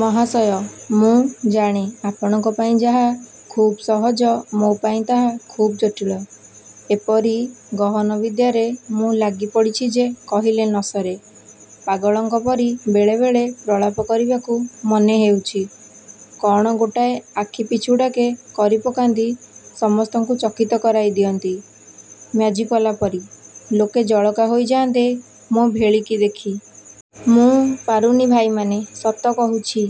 ମହାଶୟ, ମୁଁ ଜାଣେ, ଆପଣଙ୍କ ପାଇଁ ଯାହା ଖୁବ୍ ସହଜ ମୋ'ପାଇଁ ତାହା ଖୁବ୍ ଜଟିଳ। ଏପରି ଗହନ ବିଦ୍ୟାରେ ମୁଁ ଲାଗି ପଡ଼ିଛି ଯେ କହିଲେ ନସରେ। ପାଗଳଙ୍କ ପରି ବେଳେବେଳେ ପ୍ରଳାପ କରିବାକୁ ମନେହେଉଛି। କ'ଣ ଗୋଟାଏ ଆଖି ପିଛୁଡ଼ାକେ କରି ପକାନ୍ତି ସମସ୍ତଙ୍କୁ ଚକିତ କରାଇ ଦିଅନ୍ତି ମ୍ୟାଜିକ୍ବାଲା ପରି, ଲୋକେ ଜଳକା ହୋଇଯାଆନ୍ତେ ମୋ ଭେଳିକି ଦେଖି। ମୁଁ ପାରୁନି ଭାଇମାନେ। ସତ କହୁଛି,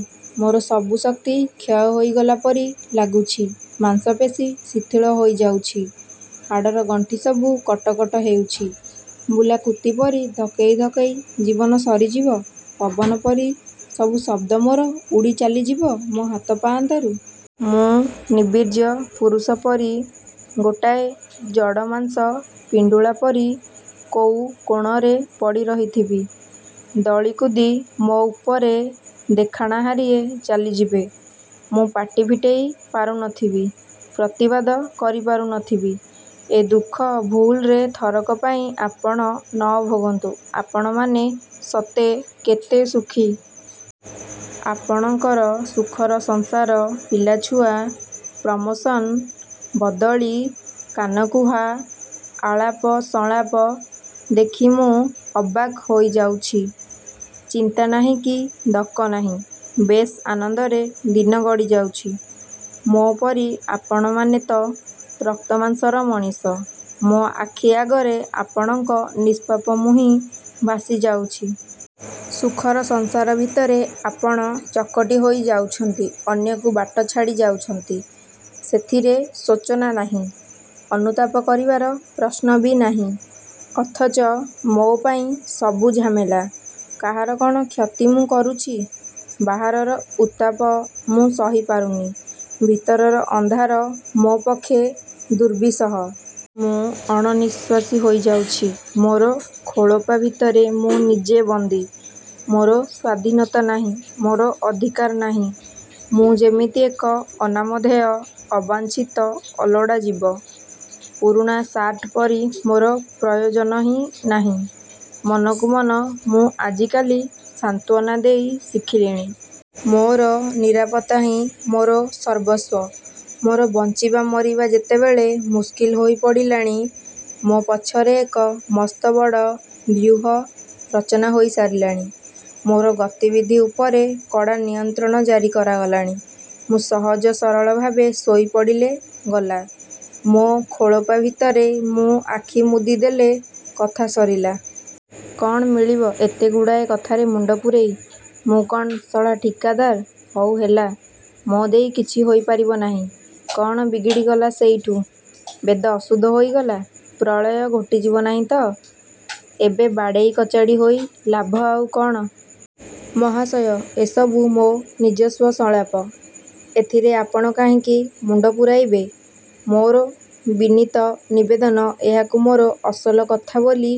ମୋର ସବୁ ଶକ୍ତି କ୍ଷୟ ହୋଇଗଲା ପରି ଲାଗୁଛି। ମାଂସପେଶୀ ଶିଥିଳ ହୋଇଯାଉଛି। ହାଡ଼ର ଗଣ୍ଠିସବୁ କଟ କଟ ହେଉଛି। ବୁଲା କୁତିପରି ଧକେଇ ଧକେଇ ଜୀବନ ସରିଯିବ? ପବନ ପରି ସବୁ ଶବ୍ଦ ମୋର ଉଡ଼ି ଚାଲିଯିବ ମୋ ହାତ ପାଆନ୍ତାରୁ? ମୁଁ ନିବୀର୍ଯ୍ୟ ପୁରୁଷପରି, ଗୋଟାଏ ଜଡ଼ ମାଂସ ପିଣ୍ଡୁଳାପରି କୋଉ କୋଣରେ ପଡ଼ି ରହିଥିବି। ଦଳିକୁଦି ମୋ ଉପରେ ଦେଖାଣାହାରିଏ ଚାଲିଯିବେ। ମୁଁ ପାଟି ଫିଟେଇ ପାରୁନଥିବି। ପ୍ରତିବାଦ କରି ପାରୁନଥିବି। ଏ ଦୁଃଖ ଭୁଲରେ ଥରକ ପାଇଁ ଆପଣ ନ ଭୋଗନ୍ତୁ। ଆପଣମାନେ ସତେ କେତେସୁଖୀ! ଆପଣଙ୍କର ସୁଖର ସଂସାର, ପିଲାଛୁଆ, ପ୍ରମୋସନ୍, ବଦଳି, କାନକୁହା ଆଳାପ ସଂଳାପ ଦେଖି ମୁଁ ଅବାକ୍ ହୋଇଯାଉଛି। ଚିନ୍ତା ନାହିଁ କି ଦକ ନାହିଁ। ବେଶ୍ ଆନନ୍ଦରେ ଦିନ ଗଡ଼ିଯାଉଛି। ମୋ ପରି ଆପଣମାନେ ତ ରକ୍ତମାଂସର ମଣିଷ। ମୋ ଆଖି ଆଗରେ ଆପଣଙ୍କ ନିଷ୍ପାପ ମୁହିଁ ଭାଷି ଯାଉଛି। ସୁଖର ସଂସାର ଭିତରେ ଆପଣ ଚକଟିହୋଇ ଯାଉଛନ୍ତି। ଅନ୍ୟକୁ ବାଟ ଛାଡ଼ି ଯାଉଛନ୍ତି। ସେଥିରେ ଶୋଚନା ନାହିଁ। ଅନୁତାପ କରିବାର ପ୍ରଶ୍ନ ବି ନାହିଁ। ଅଥଚ ମୋ'ପାଇଁ ସବୁ ଝାମେଲା। କାହାର କ'ଣ କ୍ଷତି ମୁଁ କରୁଛି? ବାହାରର ଉତ୍ତାପ ମୁଁ ସହି ପାରୁନି। ଭିତରର ଅନ୍ଧାର ମୋ ପକ୍ଷେ ଦୁର୍ବିସହ। ମୁଁ ଅଣନିଃଶ୍ୱାସୀ ହୋଇଯାଉଛି। ମୋ ଖୋଳପା ଭିତରେ ମୁଁ ନିଜେ ବନ୍ଦୀ। ମୋର ସ୍ୱାଧୀନତା ନାହିଁ। ମୋର ଅଧିକାର ନାହିଁ। ମୁଁ ଯେମିତି ଏକ ଅନାମଧ୍ୟେୟ, ଅବାଞ୍ଛିତ, ଅଲୋଡ଼ାଜୀବ। ପୁରୁଣା ସାର୍ଟପରି ମୋର ପ୍ରୟୋଜନହିଁ ନାହିଁ। ମନକୁ ମନ ମୁଁ ଆଜିକାଲି ସାନ୍ତ୍ୱନା ଦେଇ ଶିଖିଲିଣି। ମୋର ନିରାପତ୍ତାହିଁ ମୋର ସର୍ବସ୍ୱ। ମୋର ବଞ୍ଚିବା ମରିବା ଯେତେବେଳେ ମୁସ୍କିଲ ହୋଇପଡ଼ିଲାଣି, ମୋ ପଛରେ ଏକ ମସ୍ତବଡ଼ ବ୍ୟୂହ ରଚନା ହୋଇ ସାରିଲାଣି, ମୋର ଗତିବିଧି ଉପରେ କଡ଼ା ନିୟନ୍ତ୍ରଣ ଜାରି କରାଗଲାଣି। ମୁଁ ସହଜ ସରଳ ଭାବେ ଶୋଇ ପଡ଼ିଲେ ଗଲା! ମୋ ଖୋଳପା ଭିତରେ ମୁଁ ଆଖି ମୁଦିଦେଲେ କଥା ସରିଲା। କ'ଣ ମିଳିବ ଏତେଗୁଡ଼ାଏ କଥାରେ ମୁଣ୍ତ ପୂରେଇ। ମୁଁ କ'ଣ ଶଳା ଠିକାଦାର! ହଉ ହେଲା ମୋ ଦେଇ କିଛି ହୋଇପାରିବ ନାହିଁ। କ'ଣ ବିଗିଡ଼ିଗଲା ସେଇଠୁ। ବେଦ ଅଶୁଦ୍ଧ ହୋଇଗଲା। ପ୍ରଳୟ ଘୋଟିଯିବ ନାହିଁତ! ଏବେ ବାଡ଼େଇ କଚାଡ଼ି ହୋଇ ଲାଭ ଆଉ କ'ଣ? ''ମହାଶୟ! ଏସବୁ ମୋ ନିଜସ୍ୱ ସଂଳାପ! ଏଥିରେ ଆପଣ କାହିଁକି ମୁଣ୍ତ ପୂରାଇବେ। ମୋର ବିନୀତ ନିବେଦନ, ଏହାକୁ ମୋର ଅସଲ କଥା ବୋଲି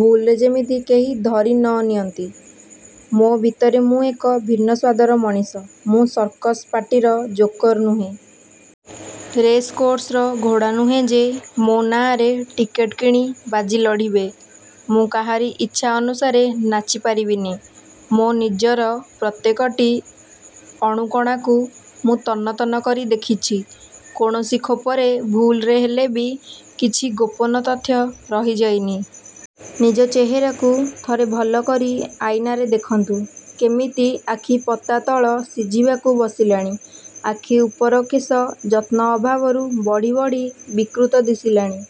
ଭୁଲରେ ଯେମିତି କେହି ଧରି ନ ନିଅନ୍ତି। ମୋ ଭିତରେ ମୁଁ ଏକ ଭିନ୍ନ ସ୍ୱାଦର ମଣିଷ। ମୁଁ ସର୍କସ ପାଟିର ଜୋକର ନୁହେଁ। ରେସ୍ କୋର୍ସର ଘୋଡ଼ା ନୁହେଁ ଯେ ମୋ ନାଆଁରେ ଟିକେଟ କିଣି ବାଜି ଲଢ଼ିବେ! ମୁଁ କାହାରି ଇଚ୍ଛା ଅନୁସାରେ ନାଚି ପାରିବିନି। ମୋ ନିଜର ପ୍ରତ୍ୟେକଟି ଅଣୁକଣାକୁ ମୁଁ ତନ୍ନ ତନ୍ନ କରି ଦେଖିଛି। କୌଣସି ଖୋପରେ ଭୁଲରେ ହେଲେବି କିଛି ଗୋପନ ତଥ୍ୟ ରହି ଯାଇନି। ନିଜ ଚେହେରାକୁ ଥରେ ଭଲକରି ଆଇନାରେ ଦେଖନ୍ତୁ। କେମିତି ଆଖିପତା ତଳ ଶିଝି ଯିବାକୁ ବସିଲାଣି। ଆଖି ଉପର କେଶ ଯତ୍ନ ଅଭାବରୁ ବଢ଼ି ବଢ଼ି ବିକୃତ ଦିଶିଲାଣି।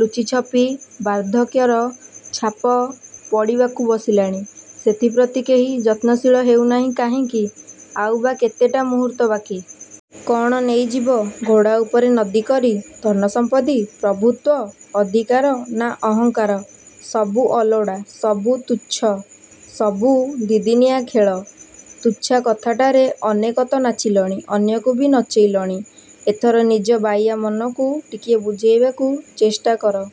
ଲୁଚିଛପି ବାର୍ଦ୍ଧକ୍ୟର ଛାପ ପଡ଼ିବାକୁ ବସିଲାଣି। ସେଥିପ୍ରତି କେହି ଯତ୍ନଶୀଳ ହେଉନାହିଁ କାହିଁକି? ଆଉ ବା କେତେଟା ମୁହୂର୍ତ୍ତ ବାକି? କ'ଣ ନେଇଯିବ ଘୋଡ଼ା ଉପରେ ନଦି କରି! ଧନସମ୍ପତ୍ତି, ପ୍ରଭୁତ୍ୱ, ଅଧିକାର ନାଁ ଅହଂକାର! ସବୁ ଅଲୋଡ଼ା, ସବୁ ତୁଚ୍ଛ। ସବୁ ଦି'ଦିନିଆ ଖେଳ। ତୁଚ୍ଛା କଥାଟାରେ ଅନେକତ ନାଚିଲଣି। ଅନ୍ୟକୁ ବି ନଚେଇଲଣି। ଏଥର ନିଜ ବାଇଆ ମନକୁ ଟିକିଏ ବୁଝେଇବାକୁ ଚେଷ୍ଟା କର।